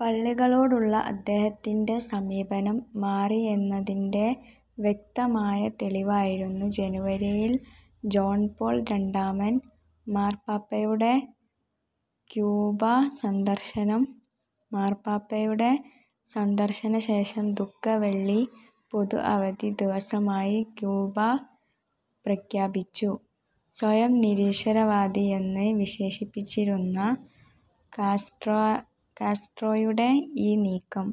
പള്ളികളോടുള്ള അദ്ദേഹത്തിൻ്റെ സമീപനം മാറിയെന്നതിൻ്റെ വ്യക്തമായ തെളിവായിരുന്നു ജനുവരിയിൽ ജോൺ പോൾ രണ്ടാമൻ മാർപ്പാപ്പയുടെ ക്യൂബ സന്ദർശനം. മാർപ്പാപ്പയുടെ സന്ദർശനശേഷം ദുഃഖവെള്ളി പൊതു അവധി ദിവസമായി ക്യൂബ പ്രഖ്യാപിച്ചു. സ്വയം നിരീശ്വരവാദിയെന്ന് വിശേഷിപ്പിച്ചിരുന്ന കാസ്ട്രോയുടെ ഈ നീക്കം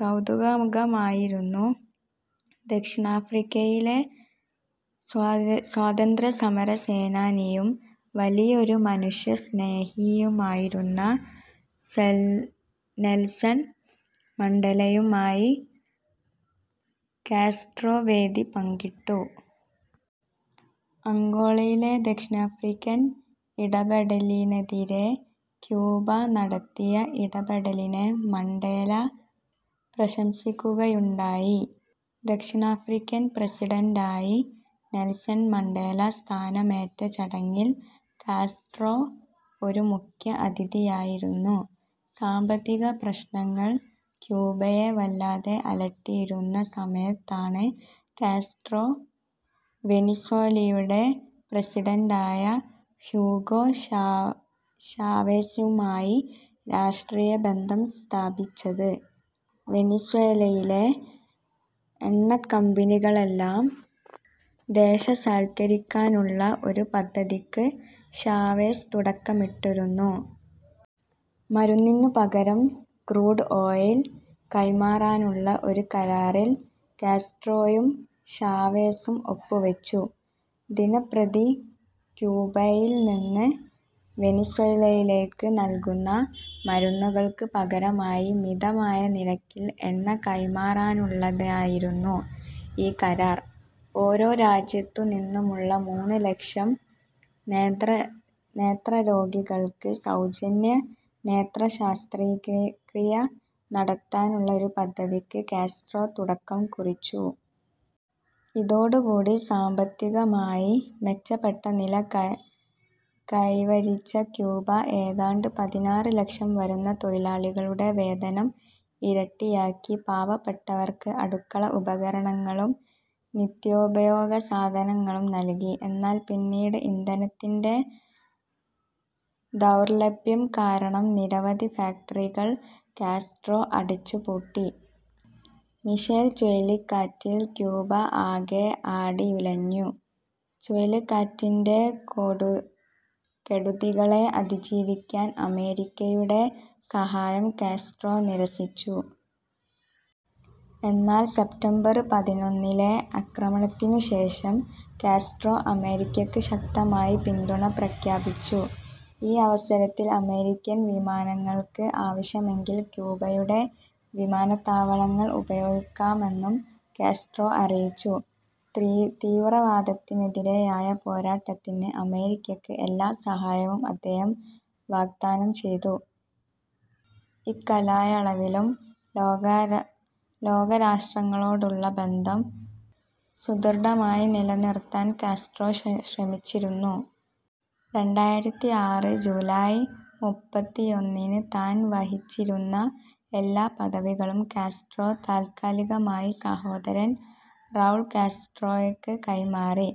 കൗതുകകരമായിരുന്നു. ദക്ഷിണാഫ്രിക്കയിലെ സ്വാതന്ത്ര്യസമരസേനാനിയും വലിയൊരു മനുഷ്യസ്നേഹിയുമായിരുന്ന നെൽസൺ മണ്ടേലയുമായി കാസ്ട്രോ വേദി പങ്കിട്ടു. അംഗോളയിലെ ദക്ഷിണാഫ്രിക്കൻ ഇടപെടലിനെതിരേ ക്യൂബ നടത്തിയ ഇടപെടലിനെ മണ്ടേല പ്രശംസിക്കുകയുണ്ടായി. ദക്ഷിണാഫ്രിക്കൻ പ്രസിഡന്റായി നെൽസൺ മണ്ടേല സ്ഥാനമേറ്റ ചടങ്ങിൽ കാസ്ട്രോ ഒരു മുഖ്യ അതിഥിയായിരുന്നു. സാമ്പത്തിക പ്രശ്നങ്ങൾ ക്യൂബയെ വല്ലാതെ അലട്ടിയിരുന്ന സമയത്താണ് കാസ്ട്രോ വെനിസ്വേലയുടെ പ്രസിഡന്റായ ഹ്യൂഗോ ഷാവേസുമായി രാഷ്ട്രീയ ബന്ധം സ്ഥാപിച്ചത്. വെനിസ്വേലയിലെ എണ്ണക്കമ്പനികളെല്ലാം ദേശസാൽക്കരിക്കാനുള്ള ഒരു പദ്ധതിക്ക് ഷാവേസ് തുടക്കമിട്ടിരുന്നു. മരുന്നിനു പകരം ക്രൂഡ് ഓയിൽ കൈമാറാനുള്ള ഒരു കരാറിൽ കാസ്ട്രോയും ഷാവേസും ഒപ്പുവെച്ചു. ദിനംപ്രതി ക്യൂബയിൽ നിന്ന് വെനിസ്വേലയിലേക്ക് നൽകുന്ന മരുന്നുകൾക്ക് പകരമായി മിതമായ നിരക്കിൽ എണ്ണ കൈമാറാനുള്ളതായിരുന്നു ഈ കരാർ. ഓരോ രാജ്യത്തു നിന്നുമുള്ള മൂന്നുലക്ഷം നേത്രരോഗികൾക്ക് സൗജന്യ നേത്രശസ്ത്രക്രിയ നടത്താനുള്ള ഒരു പദ്ധതിക്ക് കാസ്ട്രോ തുടക്കം കുറിച്ചു. ഇതോടുകൂടി സാമ്പത്തികമായി മെച്ചപ്പെട്ട നില കൈവരിച്ച ക്യൂബ ഏതാണ്ട് പതിനാറ് ലക്ഷം വരുന്ന തൊഴിലാളികളുടെ വേതനം ഇരട്ടിയാക്കി. പാവപ്പെട്ടവർക്ക് അടുക്കള ഉപകരണങ്ങളും നിത്യോപയോഗ സാധനങ്ങളും നൽകി. എന്നാൽ പിന്നീട് ഇന്ധനത്തിൻ്റെ ദൗർലഭ്യം കാരണം നിരവധി ഫാക്ടറികൾ കാസ്ട്രോ അടച്ചുപൂട്ടി. മിഷേൽ ചുഴലിക്കാറ്റിൽ ക്യൂബ ആകെ ആടിയുലഞ്ഞു. ചുഴലിക്കാറ്റിൻ്റെ കെടുതികളെ അതിജീവിക്കാൻ അമേരിക്കയുടെ സഹായം കാസ്ട്രോ നിരസിച്ചു. എന്നാൽ സെപ്റ്റംബർ പതിനൊന്നിലെ ആക്രമണത്തിനു ശേഷം കാസ്ട്രോ അമേരിക്കയ്ക്ക് ശക്തമായ പിന്തുണ പ്രഖ്യാപിച്ചു. ഈ അവസരത്തിൽ അമേരിക്കൻ വിമാനങ്ങൾക്ക് ആവശ്യമെങ്കിൽ ക്യൂബയുടെ വിമാനത്താവളങ്ങൾ ഉപയോഗിക്കാമെന്നും കാസ്ട്രോ അറിയിച്ചു. തീവ്രവാദത്തിനെതിരായ പോരാട്ടത്തിന് അമേരിക്കയ്ക്ക് എല്ലാ സഹായവും അദ്ദേഹം വാഗ്ദാനം ചെയ്തു. ഇക്കാലയളവിലും ലോകരാഷ്ട്രങ്ങളോടുള്ള ബന്ധം സുദൃഢമായി നിലനിർത്താൻ കാസ്ട്രോ ശ്രമിച്ചിരുന്നു. രണ്ടായിരത്തി ആറ് ജൂലൈ മുപ്പത്തിയൊന്നിന് താൻ വഹിച്ചിരുന്ന എല്ലാ പദവികളും കാസ്ട്രോ താൽക്കാലികമായി സഹോദരൻ റൗൾ കാസ്ട്രോയ്ക്ക് കൈമാറി.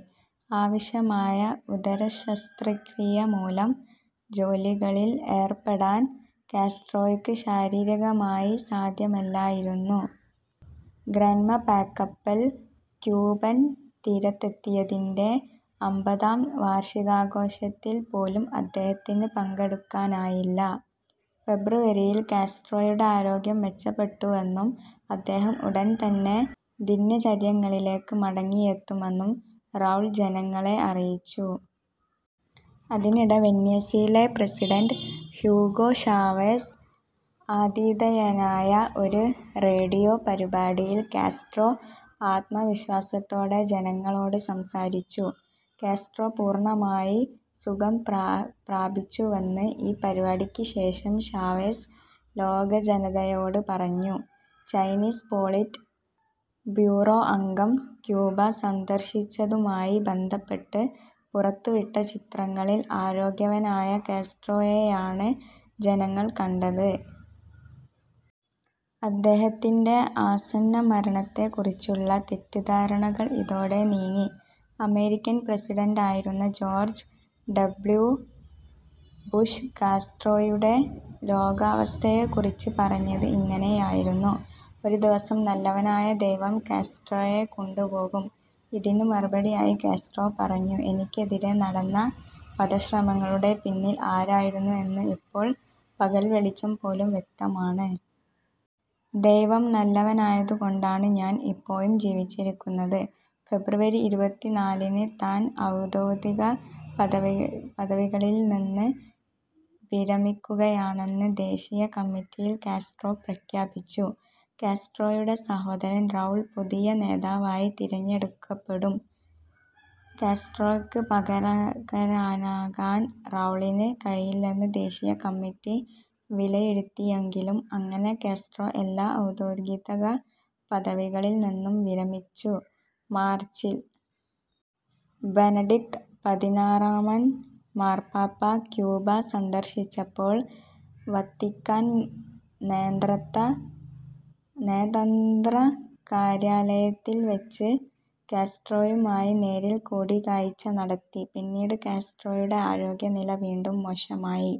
ആവശ്യമായ ഉദരശസ്ത്രക്രിയ മൂലം ജോലികളിൽ ഏർപ്പെടാൻ കാസ്ട്രോയ്ക്ക് ശാരീരികമായി സാധ്യമല്ലായിരുന്നു. ഗ്രന്മ പായ്ക്കപ്പൽ ക്യൂബൻ തീരത്തെത്തിയതിൻ്റെ അമ്പതാം വാർഷികാഘോഷത്തിൽ പോലും അദ്ദേഹത്തിന് പങ്കെടുക്കാനായില്ല. ഫെബ്രുവരിയിൽ കാസ്ട്രോയുടെ ആരോഗ്യം മെച്ചപ്പെട്ടുവെന്നും അദ്ദേഹം ഉടൻ തന്നെ ദിനചര്യകളിലേക്ക് മടങ്ങിയെത്തുമെന്നും റൗൾ ജനങ്ങളെ അറിയിച്ചു. അതിനിടെ വെനിസ്വേല പ്രസിഡന്റ് ഹ്യൂഗോ ഷാവേസ് ആതിഥേയനായ ഒരു റേഡിയോ പരിപാടിയിൽ കാസ്ട്രോ ആത്മവിശ്വാസത്തോടെ ജനങ്ങളോട് സംസാരിച്ചു. കാസ്ട്രോ പൂർണമായി സുഖം പ്രാപിച്ചുവെന്ന് ഈ പരിപാടിക്ക് ശേഷം ഷാവേസ് ലോകജനതയോട് പറഞ്ഞു. ചൈനീസ് പോളിറ്റ് ബ്യൂറോ അംഗം ക്യൂബ സന്ദർശിച്ചതുമായി ബന്ധപ്പെട്ട് പുറത്തുവിട്ട ചിത്രങ്ങളിൽ ആരോഗ്യവാനായ കാസ്ട്രോയെയാണ് ജനങ്ങൾ കണ്ടത്. അദ്ദേഹത്തിൻ്റെ ആസന്നമരണത്തെക്കുറിച്ചുള്ള തെറ്റിദ്ധാരണകൾ ഇതോടെ നീങ്ങി. അമേരിക്കൻ പ്രസിഡന്റായിരുന്ന ജോർജ് ഡബ്ല്യു. ബുഷ് കാസ്ട്രോയുടെ രോഗാവസ്ഥയെക്കുറിച്ച് പറഞ്ഞത് ഇങ്ങനെയായിരുന്നു: ഒരു ദിവസം നല്ലവനായ ദൈവം കാസ്ട്രോയെ കൊണ്ടുപോകും. ഇതിന് മറുപടിയായി കാസ്ട്രോ പറഞ്ഞു എനിക്കെതിരെ നടന്ന വധശ്രമങ്ങളുടെ പിന്നിൽ ആരായിരുന്നു എന്ന് ഇപ്പോൾ പകൽവെളിച്ചം പോലെ വ്യക്തമാണ്. ദൈവം നല്ലവനായതുകൊണ്ടാണ് ഞാൻ ഇപ്പോഴും ജീവിച്ചിരിക്കുന്നത്."ഫെബ്രുവരി ഇരുപത്തിനാലിന് താൻ ഔദ്യോഗിക പദവികളിൽ നിന്ന് വിരമിക്കുകയാണെന്ന് ദേശീയ കമ്മിറ്റിയിൽ കാസ്ട്രോ പ്രഖ്യാപിച്ചു. കാസ്ട്രോയുടെ സഹോദരൻ റൗൾ പുതിയ നേതാവായി തിരഞ്ഞെടുക്കപ്പെട്ടു. കാസ്ട്രോയ്ക്ക് പകരക്കാരനാകാൻ റൗളിന് കഴിയില്ലെന്ന് ദേശീയ കമ്മിറ്റി വിലയിരുത്തിയെങ്കിലും, അങ്ങനെ കാസ്ട്രോ എല്ലാ ഔദ്യോഗിക പദവികളിൽ നിന്നും വിരമിച്ചു. മാർച്ചിൽ ബെനഡിക്ട് പതിനാറാമൻ മാർപ്പാപ്പ ക്യൂബ സന്ദർശിച്ചപ്പോൾ വത്തിക്കാൻ നയതന്ത്ര കാര്യാലയത്തിൽ വെച്ച് കാസ്ട്രോയുമായി നേരിൽ കൂടിക്കാഴ്ച നടത്തി. പിന്നീട് കാസ്ട്രോയുടെ ആരോഗ്യനില വീണ്ടും മോശമായി.